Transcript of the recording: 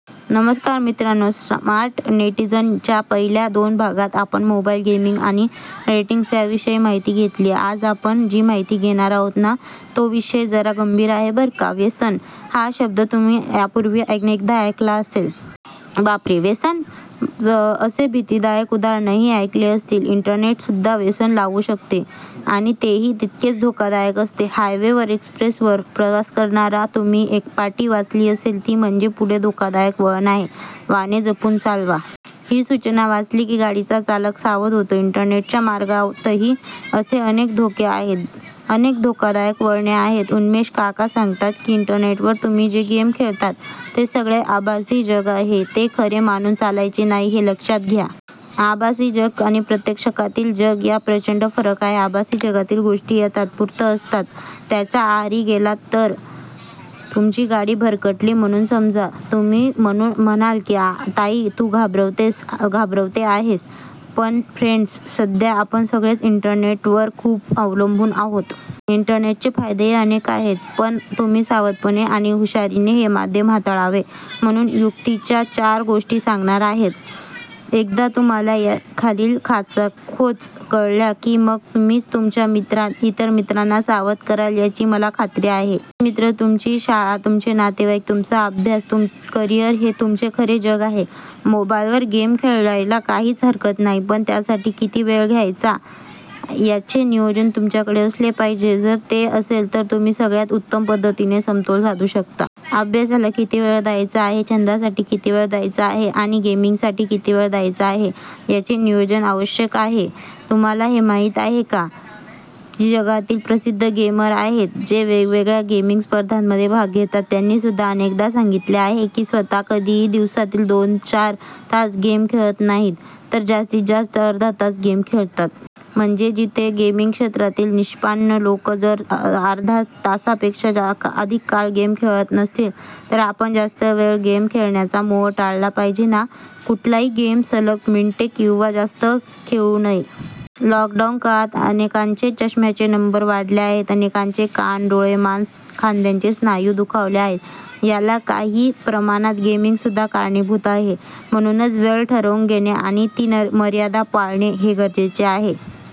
नमस्कार मित्रांनो, 'स्मार्ट नेटिझन'च्या पहिल्या दोन भागात आपण मोबाइल गेमिंग आणि रेटिंग्ज याविषयी माहिती घेतली. आज आपण जी माहिती घेणार आहोत ना, तो विषय जरा गंभीर आहे बरं का! 'व्यसन' हा शब्द तर तुम्ही यापूर्वी अनेकदा ऐकला असेल. 'बापरे! व्यसन? ' असे भीतिदायक उद्गारही ऐकले असतील. इंटरनेटचेसुद्धा व्यसन लागू शकते आणि तेही तितकेच धोकादायक आहे. हायवे-वर, एक्स्प्रेसवे-वर प्रवास करताना तुम्ही एक पाटी वाचली असेल ती म्हणजे, 'पुढे धोकादायक वळण आहे, वाहने जपून चालवा. ' ही सूचना वाचली की, गाडीचा चालक सावध होतो. इंटरनेटच्या मार्गातही असे अनेक धोके आहेत, अनेक धोकादायक वळणे आहेत. उन्मेष काका सांगतात की, इंटरनेटवर तुम्ही जे गेम खेळता ते सगळे आभासी जग आहे, ते खरे मानून चालायचे नाही- हे लक्षात घ्या. आभासी जग आणि प्रत्यक्षातील जग यात प्रचंड फरक आहे. आभासी जगातील गोष्टी या तात्पुरत्या असतात. त्याच्या आहारी गेलात तर तुमची गाडी भरकटली म्हणून समजा! तुम्ही म्हणाल की, ताई तू घाबरवते आहेस. पण फ्रेण्ड्स, सध्या आपण सगळेच इंटरनेटवर खूप अवलंबून आहोत. इंटरनेटचे फायदेही अनेक आहेत. पण तुम्ही सावधपणे आणि हुशारीने हे माध्यम हाताळावे म्हणून युक्तीच्या चार गोष्टी सांगणार आहोत. एकदा तुम्हांला यातील खाचाखोचा कळल्या की, मग तुम्हीच तुमच्या इतर मित्रांना सावध कराल, याची मला खात्री आहे. तुमचे मित्र, तुमची शाळा, तुमचे नातेवाइक, तुमचा अभ्यास, करिअर हे तुमचे खरे जग आहे. मोबाइलवर गेम खेळायला काहीच हरकत नाही पण त्याच्यासाठी किती वेळ द्यायचा याचे नियोजन तुमच्याकडे असले पाहिजे. जर ते असेल तर तुम्ही सगळ्याचा उत्तम पद्धतीने समतोल साधू शकता. अभ्यासाला किती वेळ द्यायचा आहे, छंदासाठी किती वेळ द्यायचा आहे आणि गेमिंगसाठी किती वेळ द्यायचा आहे याचे नियोजन आवश्यक आहे. तुम्हांला हे माहिती आहे का, जगातील जे प्रसिद्ध गेमर आहेत, जे वेगवेगळ्या गेमिंग स्पर्धांमध्ये भाग घेतात, त्यांनीसुद्धा अनेकदा सांगितलेले आहे की, ते स्वतः कधीही दिवसातील दोन-चार तास गेम खेळत नाहीत, तर जास्तीतजास्त अर्धा तास गेम खेळतात. म्हणजे जिथे गेमिंग क्षेत्रातील निष्णात लोक जर स्वतः अर्ध्या तासापेक्षा अधिक काळ गेम खेळत नसतील तर आपण जास्त वेळ गेम खेळण्याचा मोह टाळला पाहिजे ना! कुठलाही गेम सलग मिनिटे किंवा जास्त खेळू नये. लॉकडाऊन काळात अनेकांचे चष्म्याचे नंबर वाढले आहेत. अनेकांचे कान, डोळे, मान, खांद्याचे स्नायू दुखावले आहेत. याला काही प्रमाणात गेमिंगसुद्धा कारणीभूत आहे. म्हणूनच वेळ ठरवून घेणे आणि ती मर्यादा पाळणे गरजेचे आहे